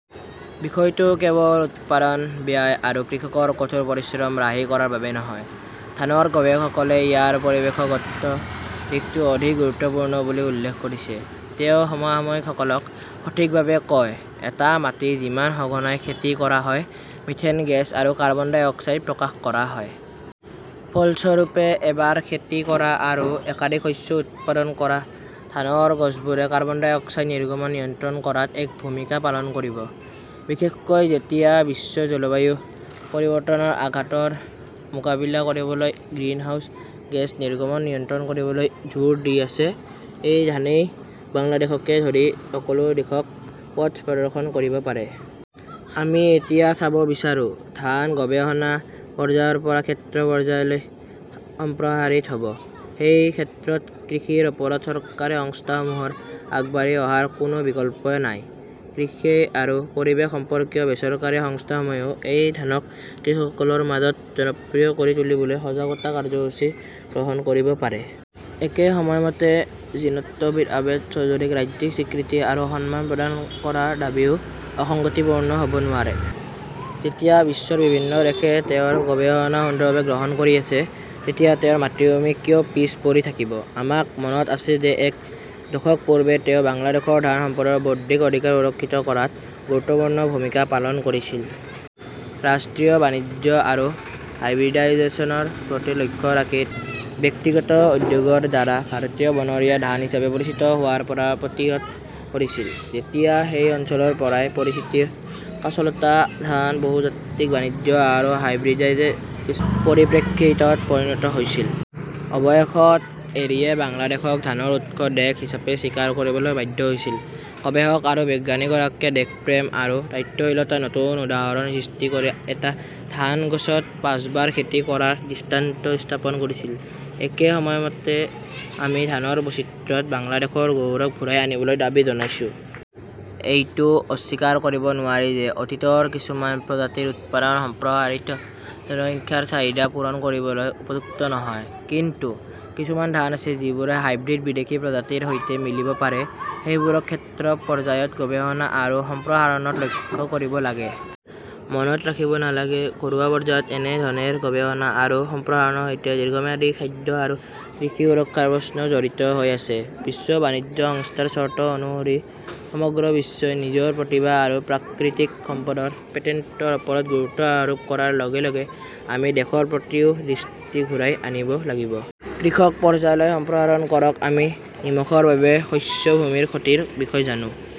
বিষয়টো কেৱল উৎপাদন ব্যয় আৰু কৃষকৰ কঠোৰ পৰিশ্ৰম ৰাহি কৰাৰ বাবে নহয়। ধানৰ গৱেষকসকলে ইয়াৰ পৰিৱেশগত দিশটো অধিক গুৰুত্বপূৰ্ণ বুলি উল্লেখ কৰিছে। তেওঁ সমসাময়িকসকলক সঠিকভাৱে কয়-এটা মাটি যিমান সঘনাই খেতি কৰা হয়, মিথেন গেছ আৰু কাৰ্বন ডাই অক্সাইড প্ৰকাশ কৰা হয়। ফলস্বৰূপে, এবাৰ খেতি কৰা আৰু একাধিক শস্য উৎপাদন কৰা ধানৰ গছবোৰে কাৰ্বন ডাই অক্সাইড নিৰ্গমন নিয়ন্ত্ৰণ কৰাত এক ভূমিকা পালন কৰিব। বিশেষকৈ যেতিয়া বিশ্বই জলবায়ু পৰিৱৰ্তনৰ আঘাতৰ মোকাবিলা কৰিবলৈ গ্ৰীণহাউছ গেছ নিৰ্গমন নিয়ন্ত্ৰণ কৰিবলৈ জোৰ দি আছে, এই ধানেই বাংলাদেশকে ধৰি সকলো দেশক পথ প্ৰদৰ্শন কৰিব পাৰে। আমি এতিয়া চাব বিচাৰো, ধান গৱেষণা পৰ্যায়ৰ পৰা ক্ষেত্ৰ পৰ্যায়লৈ সম্প্ৰসাৰিত হ 'ব। সেই ক্ষেত্ৰত কৃষিৰ ওপৰত চৰকাৰী সংস্থাসমূহৰ আগবাঢ়ি অহাৰ কোনো বিকল্প নাই। কৃষি আৰু পৰিৱেশ সম্পৰ্কীয় বেচৰকাৰী সংস্থাসমূহেও এই ধানক কৃষকসকলৰ মাজত জনপ্ৰিয় কৰি তুলিবলৈ সজাগতা কাৰ্যসূচী গ্ৰহণ কৰিব পাৰে। একে সময়তে জিনতত্ত্ববিদ আবেদ চৌধুৰীক ৰাজ্যিক স্বীকৃতি আৰু সন্মান প্ৰদান কৰাৰ দাবীও অসঙ্গতিপূৰ্ণ হ'ব নোৱাৰে। যেতিয়া বিশ্বৰ বিভিন্ন দেশে তেওঁৰ গৱেষণা সুন্দৰভাৱে গ্ৰহণ কৰি আছে, তেতিয়া তেওঁৰ মাতৃভূমি কিয় পিছ পৰি থাকিব? আমাক মনত আছে যে এক দশক পূৰ্বে তেওঁ বাংলাদেশৰ ধান সম্পদৰ বৌদ্ধিক অধিকাৰ সুৰক্ষিত কৰাত গুৰুত্বপূৰ্ণ ভূমিকা পালন কৰিছিল। ৰাষ্ট্ৰীয় বাণিজ্য আৰু হাইব্ৰিডাইজেচনৰ প্ৰতি লক্ষ্য ৰাখি, তেওঁ ব্যক্তিগত উদ্যোগৰ দ্বাৰা ভাৰতীয় বনৰীয়া ধান হিচাপে পৰিচিত হোৱাৰ পৰা প্ৰতিহত কৰিছিল, যেতিয়া সেই অঞ্চলৰ পৰাই পৰিচিত কাঁচলতা ধান বহুজাতিক বাণিজ্য আৰু হাইব্ৰিডাইজেচনৰ পৰিপ্ৰেক্ষিতত পৰিণত হৈছিল। অৱশেষত এৰিয়ে বাংলাদেশক ধানৰ উৎস দেশ হিচাপে স্বীকাৰ কৰিবলৈ বাধ্য হৈছিল। গৱেষক আৰু বিজ্ঞানীগৰাকীয়ে দেশপ্ৰেম আৰু দায়িত্বশীলতাৰ নতুন উদাহৰণ সৃষ্টি কৰি এটা ধান গছত পাঁচবাৰ খেতি কৰাৰ দৃষ্টান্ত স্থাপন কৰিছিল। একে সময়তে আমি ধানৰ বৈচিত্ৰ্যত বাংলাদেশৰ গৌৰৱ ঘূৰাই আনিবলৈ দাবী জনাইছো। এইটো অস্বীকাৰ কৰিব নোৱাৰি যে অতীতৰ কিছুমান প্ৰজাতিৰ উৎপাদন সম্প্ৰসাৰিত জনসংখ্যাৰ চাহিদা পূৰণ কৰিবলৈ উপযুক্ত নহয়। কিন্তু কিছুমান ধান আছে যিবোৰে হাইব্ৰিড বিদেশী প্ৰজাতিৰ সৈতে মিলাব পাৰে। সেইবোৰক ক্ষেত্ৰ পৰ্যায়ত গৱেষণা আৰু সম্প্ৰসাৰণত লক্ষ্য কৰিব লাগে। মনত ৰাখিব নালাগে, ঘৰুৱা পৰ্যায়ত এনে ধনেৰ গৱেষণা আৰু সম্প্ৰসাৰণৰ সৈতে দীৰ্ঘম্যাদী খাদ্য আৰু কৃষি সুৰক্ষাৰ প্ৰশ্নও জড়িত হৈ আছে। বিশ্ব বাণিজ্য সংস্থাৰ চৰ্ত অনুসৰি সমগ্ৰ বিশ্বই নিজৰ প্ৰতিভা আৰু প্ৰাকৃতিক সম্পদৰ পেটেণ্টৰ ওপৰত গুৰুত্ব আৰোপ কৰাৰ লগে লগে আমি দেশৰ প্ৰতিও দৃষ্টি ঘূৰাই আনিব লাগিব। কৃষক পৰ্যায়লৈ সম্প্ৰসাৰণ কৰক আমি নিমখৰ বাবে শস্য ভূমিৰ ক্ষতিৰ বিষয়ে জানো।